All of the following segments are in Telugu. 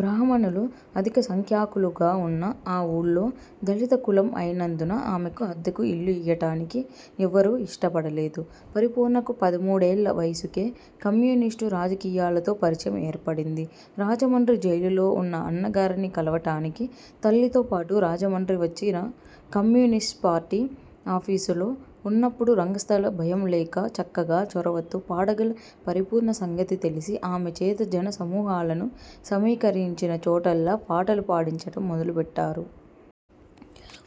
బ్రాహ్మణులు అధిక సంఖ్యాకులుగా ఉన్న ఆ వూళ్ళో దళిత కులం అయినందున ఆమెకు అద్దెకు ఇల్లు ఇయ్యటానికి ఎవ్వరూ ఇష్టపడలేదు. పరిపూర్ణకు పదమూడేళ్ల వయసుకే కమ్యూనిస్టు రాజకీయాలతో పరిచయం ఏర్పడింది. రాజమండ్రి జైలులో ఉన్న అన్నగారిని కలవటానికి తల్లితో పాటు రాజమండ్రి వచ్చి కమ్యూనిస్ట్పార్టీ ఆఫీసులో వున్నప్పుడు రంగస్థల భయంలేక చక్కగా చొరవతో పాడగల పరిపూర్ణ సంగతి తెలిసి ఆమె చేత జన సమూహాలను సమీకరిం చిన చోటల్లా పాటలు పాడించటం మొదలు పెట్టారు.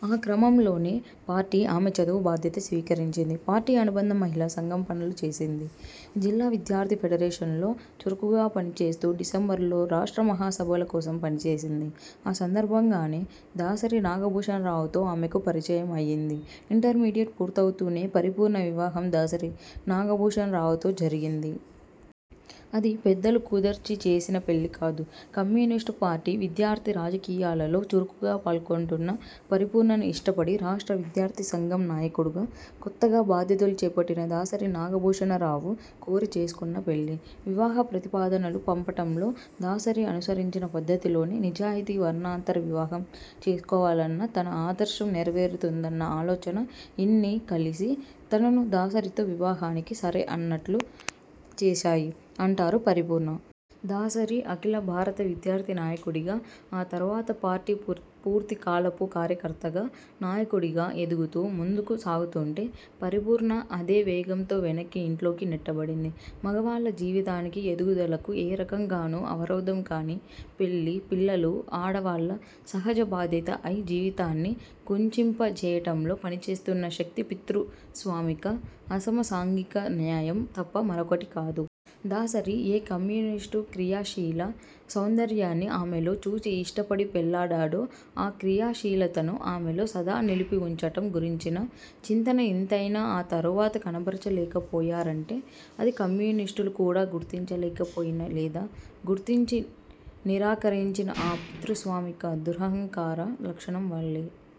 ఆ క్రమంలోనే పార్టీ ఆమె చదువు బాధ్యత స్వీకరించింది. పార్టీ అనుబంధ మహిళా సంఘం పనులు చేసింది. జిల్లా విద్యార్థి ఫెడరేషన్లో చురుకుగా పనిచేస్తూ డిసెంబర్లో రాష్ట్ర మహాసభల కోసం పని చేసింది. ఆ సందర్భంగానే దాసరి నాగభూషణరావుతో ఆమెకు పరిచయం అయింది. ఇంటర్మీడియట్ పూర్తవుతూనే పరిపూర్ణ వివాహం దాసరి నాగభూషణరావుతో జరిగింది. అది పెద్దలు కుదిర్చిచేసిన పెళ్లికాదు. కమ్యూనిస్టు పార్టీ విద్యార్థి రాజకీయాలలో చురుకుగా పాల్గొంటున్న పరిపూర్ణను ఇష్టపడి రాష్ట్ర విద్యార్థి సంఘం నాయకుడుగా కొత్తగా బాధ్యతలు చేపట్టిన దాసరి నాగభూషణరావు కోరి చేసుకొన్నపెళ్లి. వివాహ ప్రతిపాదనలు పంపటంలో దాసరి అనుసరించిన పద్ధతిలోని నిజాయితీ-వర్ణాంతర వివాహం చేసుకోవాలన్న తన ఆదర్శం నెరవేరుతుందన్న ఆలోచన ఇన్నీ కలిసి తనను దాసరితో వివాహానికి సరే అనేట్లు చేశాయి అంటారు పరిపూర్ణ. దాసరి అఖిల భారత విద్యార్థి నాయకుడిగా, ఆ తరువాత పార్టీ పూర్తికాలపు కార్యకర్తగా, నాయకుడిగా ఎదుగుతూ ముందుకు సాగుతుంటే పరిపూర్ణ అదే వేగంతో వెనక్కి, ఇంట్లోకి నెట్టబడింది. మగవాళ్ల జీవితానికి, ఎదుగుదలకు ఏ రకంగానూ అవరోధం కాని పెళ్లి, పిల్లలు ఆడవాళ్ళ 'సహజ బాధ్యత' అయి జీవితాన్ని కుంచింప చేయటంలో పనిచేస్తున్న శక్తి పితృస్వామిక అసమ సాంఘిక న్యాయం తప్ప మరొకటి కాదు. దాసరి ఏ కమ్యూనిస్టు క్రియాశీల సౌంద ర్యాన్ని ఆమెలో చూచి ఇష్టపడి పెళ్లాడాడో ఆ క్రియాశీలతను ఆమెలో సదా నిలిపివుంచటం గురించిన చింతన ఇంతైనా ఆ తరువాత కనబరచ లేకపోయా రంటే అది కమ్యూనిస్టులు కూడా గుర్తించలేకపోయిన లేదా గుర్తించ నిరాకరించిన ఆ పితృస్వామిక దురహంకార లక్షణం వల్లే